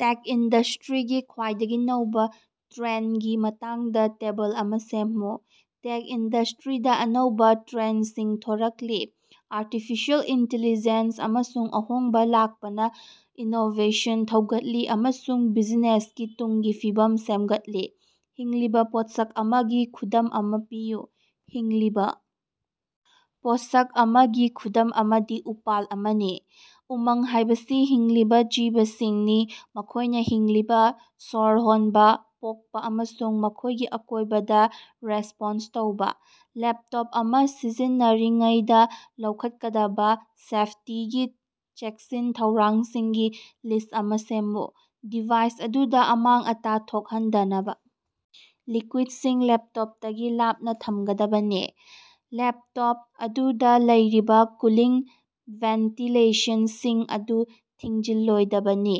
ꯇꯦꯛ ꯏꯟꯗꯁꯇ꯭ꯔꯤꯒꯤ ꯈ꯭ꯋꯥꯏꯗꯒꯤ ꯅꯧꯕ ꯇ꯭ꯔꯦꯟꯗꯒꯤ ꯃꯇꯥꯡꯗꯥ ꯇꯦꯕꯜ ꯑꯃ ꯁꯦꯝꯃꯨ꯫ ꯇꯦꯛ ꯏꯟꯗꯁꯇ꯭ꯔꯤꯗ ꯑꯅꯧꯕ ꯇ꯭ꯔꯦꯟꯗꯁꯤꯡ ꯊꯣꯔꯛꯂꯤ: ꯑꯥꯔꯇꯤꯐꯤꯁꯤꯌꯦꯜ ꯏꯟꯇꯤꯂꯤꯖꯦꯟꯁ ꯑꯃꯁꯨꯡ ꯑꯍꯣꯡꯕ ꯂꯥꯛꯄꯅ ꯏꯅꯣꯕꯦꯁꯟ ꯊꯧꯒꯠꯂꯤ ꯑꯃꯁꯨꯡ ꯕꯤꯖꯤꯅꯦꯁꯀꯤ ꯇꯨꯡꯒꯤ ꯐꯤꯕꯝ ꯁꯦꯝꯒꯠꯂꯤ꯫ ꯍꯤꯡꯂꯤꯕ ꯄꯣꯠꯁꯛ ꯑꯃꯒꯤ ꯈꯨꯗꯝ ꯑꯃ ꯄꯤꯌꯨ꯫ ꯍꯤꯡꯂꯤꯕ ꯄꯣꯠꯁꯛ ꯑꯃꯒꯤ ꯈꯨꯗꯝ ꯑꯃꯗꯤ ꯎꯄꯥꯜ ꯑꯃꯅꯤ꯫ ꯎꯃꯪ ꯍꯥꯢꯕꯁꯤ ꯍꯤꯡꯂꯤꯕ ꯖꯤꯕꯁꯤꯡꯅꯤ, ꯃꯈꯣꯢꯅ ꯍꯤꯡꯂꯤꯕ, ꯁꯣꯔ ꯍꯣꯟꯕ, ꯄꯣꯛꯄ ꯑꯃꯁꯨꯡ ꯃꯈꯣꯢꯒꯤ ꯑꯀꯣꯢꯕꯗ ꯔꯦꯁꯄꯣꯟꯁ ꯇꯧꯕ꯫ ꯂꯦꯞꯇꯣꯞ ꯑꯃ ꯁꯤꯖꯤꯟꯅꯔꯤꯉꯩꯗ ꯂꯧꯈꯠꯀꯗꯕ ꯁꯦꯐꯇꯤꯒꯤ ꯆꯦꯛꯁꯤꯟ-ꯊꯧꯔꯥꯡꯁꯤꯡꯒꯤ ꯂꯤꯁ꯭ꯠ ꯑꯃ ꯁꯦꯝꯃꯨ꯫ ꯗꯤꯚꯥꯏꯁ ꯑꯗꯨꯗ ꯑꯃꯥꯡ-ꯑꯇꯥ ꯊꯣꯛꯍꯟꯗꯅꯕ ꯂꯤꯛꯀꯨꯏꯗꯁꯤꯡ ꯂꯦꯞꯇꯣꯞꯇꯒꯤ ꯂꯥꯞꯅ ꯊꯝꯒꯗꯕꯅꯤ꯫ ꯂꯦꯞꯇꯣꯞ ꯑꯗꯨꯗ ꯂꯩꯔꯤꯕ ꯀꯨꯂꯤꯡ ꯚꯦꯟꯇꯤꯂꯦꯁꯟꯁꯤꯡ ꯑꯗꯨ ꯊꯤꯡꯖꯤꯜꯂꯣꯏꯗꯕꯅꯤ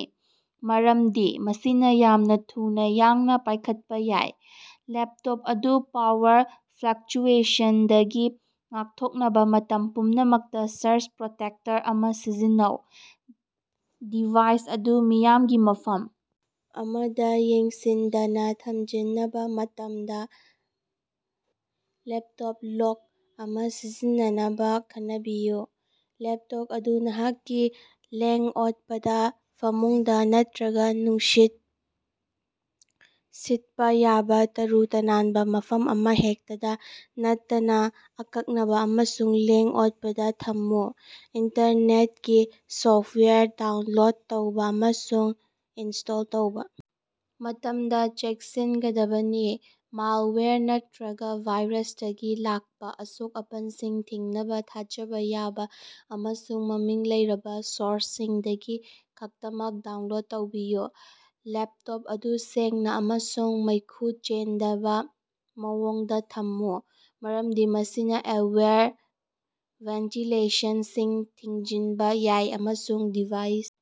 ꯃꯔꯝꯗꯤ ꯃꯁꯤꯅ ꯌꯥꯝꯅ ꯊꯨꯅ ꯌꯥꯡꯅ ꯄꯥꯢꯈꯠꯄ ꯌꯥꯏ꯫ ꯂꯦꯄꯇꯣꯞ ꯑꯗꯨ ꯄꯥꯋꯔ ꯐ꯭ꯂꯛꯆꯨꯌꯦꯁꯟꯗꯒꯤ ꯉꯥꯛꯊꯣꯛꯅꯕ ꯃꯇꯝ ꯄꯨꯝꯅꯃꯛꯇ ꯁꯔꯖ ꯄ꯭ꯔꯣꯇꯦꯛꯇꯔ ꯑꯃ ꯁꯤꯖꯤꯟꯅꯧ꯫ ꯗꯤꯚꯥꯏꯁ ꯑꯗꯨ ꯃꯤꯌꯥꯝꯒꯤ ꯃꯐꯝ ꯑꯃꯗ ꯌꯦꯡꯁꯤꯟꯗꯅ ꯊꯝꯖꯤꯟꯅꯕ ꯃꯇꯝꯗ ꯂꯦꯞꯇꯣꯞ ꯂꯣꯛ ꯑꯃ ꯁꯤꯖꯤꯟꯅꯅꯕ ꯈꯟꯅꯕꯤꯌꯨ꯫ ꯂꯦꯞꯇꯣꯞ ꯑꯗꯨ ꯅꯍꯥꯛꯀꯤ ꯂꯦꯡ-ꯑꯣꯠꯄꯗ, ꯐꯃꯨꯡꯗ ꯅꯠꯇ꯭ꯔꯒ ꯅꯨꯡꯁꯤꯠ ꯁꯤꯠꯄ ꯌꯥꯕ ꯇꯔꯨ-ꯇꯅꯥꯟꯕ ꯃꯐꯝ ꯑꯃꯍꯦꯛꯇꯗ ꯅꯠꯇꯅ ꯑꯀꯛꯅꯕ ꯑꯃꯁꯨꯡ ꯂꯦꯡ-ꯑꯣꯠꯄꯗ ꯊꯝꯃꯨ꯫ ꯏꯟꯇꯔꯅꯦꯠꯒꯤ ꯁꯣꯐꯋꯥꯌꯔ ꯗꯥꯎꯟꯂꯣꯗ ꯇꯧꯕ ꯑꯃꯁꯨꯡ ꯏꯟꯁ꯭ꯇꯣꯜ ꯇꯧꯕ ꯃꯇꯝꯗ ꯆꯦꯛꯁꯤꯟꯒꯗꯕꯅꯤ꯫ ꯃꯥꯏꯜꯋꯥꯌꯔ ꯅꯠꯇ꯭ꯔꯒ ꯚꯥꯏꯔꯁꯇꯒꯤ ꯂꯥꯛꯄ ꯑꯁꯣꯛ-ꯑꯄꯟꯁꯤꯡ ꯊꯤꯡꯅꯕ ꯊꯥꯖꯕ ꯌꯥꯕ ꯑꯃꯁꯨꯡ ꯃꯃꯤꯡ ꯂꯩꯔꯕ ꯁꯣꯔꯁꯁꯤꯡꯗꯒꯤ ꯈꯛꯇꯃꯛ ꯗꯥꯎꯟꯂꯣꯗ ꯇꯧꯕꯤꯌꯨ꯫ ꯂꯦꯞꯇꯣꯞ ꯑꯗꯨ ꯁꯦꯡꯅ ꯑꯃꯁꯨꯡ ꯃꯩꯈꯨ ꯆꯦꯟꯗꯕ ꯃꯑꯣꯡꯗ ꯊꯝꯃꯨ, ꯃꯔꯝꯗꯤ ꯃꯁꯤꯅ ꯑꯦꯋꯔ ꯚꯦꯟꯇꯤꯂꯦꯁꯟꯁꯤꯡ ꯊꯤꯡꯖꯤꯟꯕ ꯌꯥꯏ ꯑꯃꯁꯨꯡ ꯗꯤꯚꯥꯏꯁ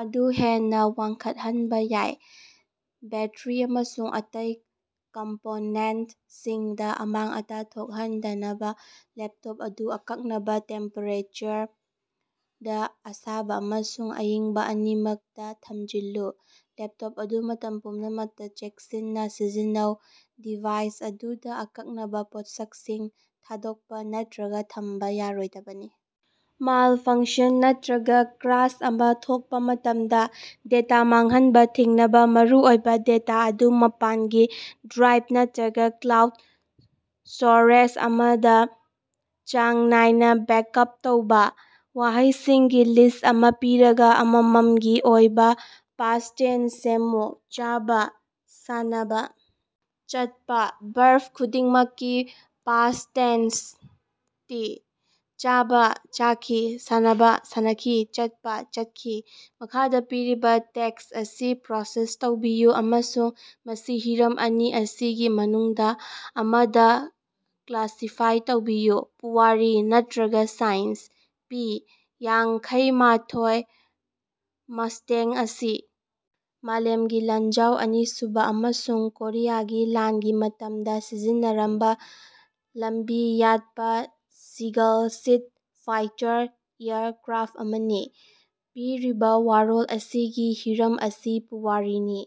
ꯑꯗꯨ ꯍꯦꯟꯅ ꯋꯥꯡꯈꯠꯍꯟꯕ ꯌꯥꯏ꯫ ꯕꯦꯠꯇ꯭ꯔꯤ ꯑꯃꯁꯨꯡ ꯑꯇꯩ ꯀꯝꯄꯣꯅꯦꯟꯇꯁꯤꯡꯗ ꯑꯃꯥꯡ-ꯑꯇꯥ ꯊꯣꯛꯍꯟꯗꯅꯕ ꯂꯦꯞꯇꯣꯞ ꯑꯗꯨ ꯑꯀꯛꯅꯕ ꯇꯦꯝꯄꯦꯔꯦꯆꯔꯗ, ꯑꯁꯥꯕ ꯑꯃꯁꯨꯡ ꯑꯏꯪꯕ ꯑꯅꯤꯃꯛꯇ ꯊꯝꯖꯤꯜꯂꯨ꯫ ꯂꯦꯞꯇꯣꯞ ꯑꯗꯨ ꯃꯇꯝ ꯄꯨꯝꯅꯃꯛꯇ ꯆꯦꯛꯁꯤꯟꯅ ꯁꯤꯖꯤꯟꯅꯧ꯫ ꯗꯤꯚꯥꯏꯁ ꯑꯗꯨꯗꯥ ꯑꯀꯛꯅꯕ ꯄꯣꯠꯁꯛꯁꯤꯡ ꯊꯥꯗꯣꯛꯄ ꯅꯠꯇ꯭ꯔꯒ ꯊꯝꯕ ꯌꯥꯔꯣꯏꯗꯕꯅꯤ꯫ ꯃꯥꯜꯐꯪꯁꯟ ꯅꯠꯇ꯭ꯔꯒ ꯀ꯭ꯔꯥꯁ ꯑꯃ ꯊꯣꯛꯄ ꯃꯇꯝꯗ ꯗꯦꯇꯥ ꯃꯥꯡꯍꯟꯕ ꯊꯤꯡꯅꯕ ꯃꯔꯨꯑꯣꯏꯕ ꯗꯦꯇꯥ ꯑꯗꯨ ꯃꯄꯥꯟꯒꯤ ꯗ꯭ꯔꯥꯏꯚ ꯅꯠꯇ꯭ꯔꯒ ꯀ꯭ꯂꯥꯎꯗ ꯁ꯭ꯇꯣꯔꯦꯖ ꯑꯃꯗ ꯆꯥꯡ ꯅꯥꯏꯅ ꯕꯦꯛꯑꯞ ꯇꯧꯕ꯫ ꯋꯥꯍꯩꯁꯤꯡꯒꯤ ꯂꯤꯁ꯭ꯠ ꯑꯃ ꯄꯤꯔꯒ, ꯑꯃꯃꯝꯒꯤ ꯑꯣꯏꯕ ꯄꯥꯁꯠ ꯇꯦꯟꯁ ꯁꯦꯝꯃꯨ꯫ ꯆꯥꯕ, ꯁꯥꯟꯅꯕ, ꯆꯠꯄ꯫ ꯚꯔꯕ ꯈꯨꯗꯤꯡꯃꯛꯀꯤ ꯄꯥꯁꯠ ꯇꯦꯟꯁꯇꯤ: ꯆꯥꯕ: ꯆꯥꯈꯤ, ꯁꯥꯟꯅꯕ: ꯁꯥꯟꯅꯈꯤ, ꯆꯠꯄ: ꯆꯠꯈꯤ꯫ ꯃꯈꯥꯗ ꯄꯤꯔꯤꯕ ꯇꯦꯛꯁ ꯑꯁꯤ ꯄ꯭ꯔꯣꯁꯦꯁ ꯇꯧꯕꯤꯌꯨ ꯑꯃꯁꯨꯡ ꯃꯁꯤ ꯍꯤꯔꯝ ꯑꯅꯤ ꯑꯁꯤꯒꯤ ꯃꯅꯨꯡꯗ ꯑꯃꯗ ꯀ꯭ꯂꯥꯁꯤꯐꯥꯏ ꯇꯧꯕꯤꯌꯨ: ꯄꯨꯋꯥꯔꯤ ꯅꯠꯇ꯭ꯔꯒ ꯁꯥꯏꯟꯁ꯫ ꯄꯤ- ꯌꯥꯡꯈꯩꯃꯥꯊꯣꯏ ꯃꯁꯇꯦꯡ ꯑꯁꯤ ꯃꯥꯂꯦꯝꯒꯤ ꯂꯥꯟꯖꯥꯎ ꯑꯅꯤꯁꯨꯕ ꯑꯃꯁꯨꯡ ꯀꯣꯔꯤꯌꯥꯒꯤ ꯂꯥꯟꯒꯤ ꯃꯇꯝꯗ ꯁꯤꯖꯤꯟꯅꯔꯝꯕ ꯂꯝꯕꯤ ꯌꯥꯠꯄ ꯁꯤꯒꯜ ꯁꯤꯠ ꯐꯥꯏꯇꯔ ꯑꯦꯌꯔꯀ꯭ꯔꯥꯐ ꯑꯃꯅꯤ꯫ ꯄꯤꯔꯤꯕ ꯋꯥꯔꯣꯜ ꯑꯁꯤꯒꯤ ꯍꯤꯔꯝ ꯑꯁꯤ ꯄꯨꯋꯥꯔꯤꯅꯤ꯫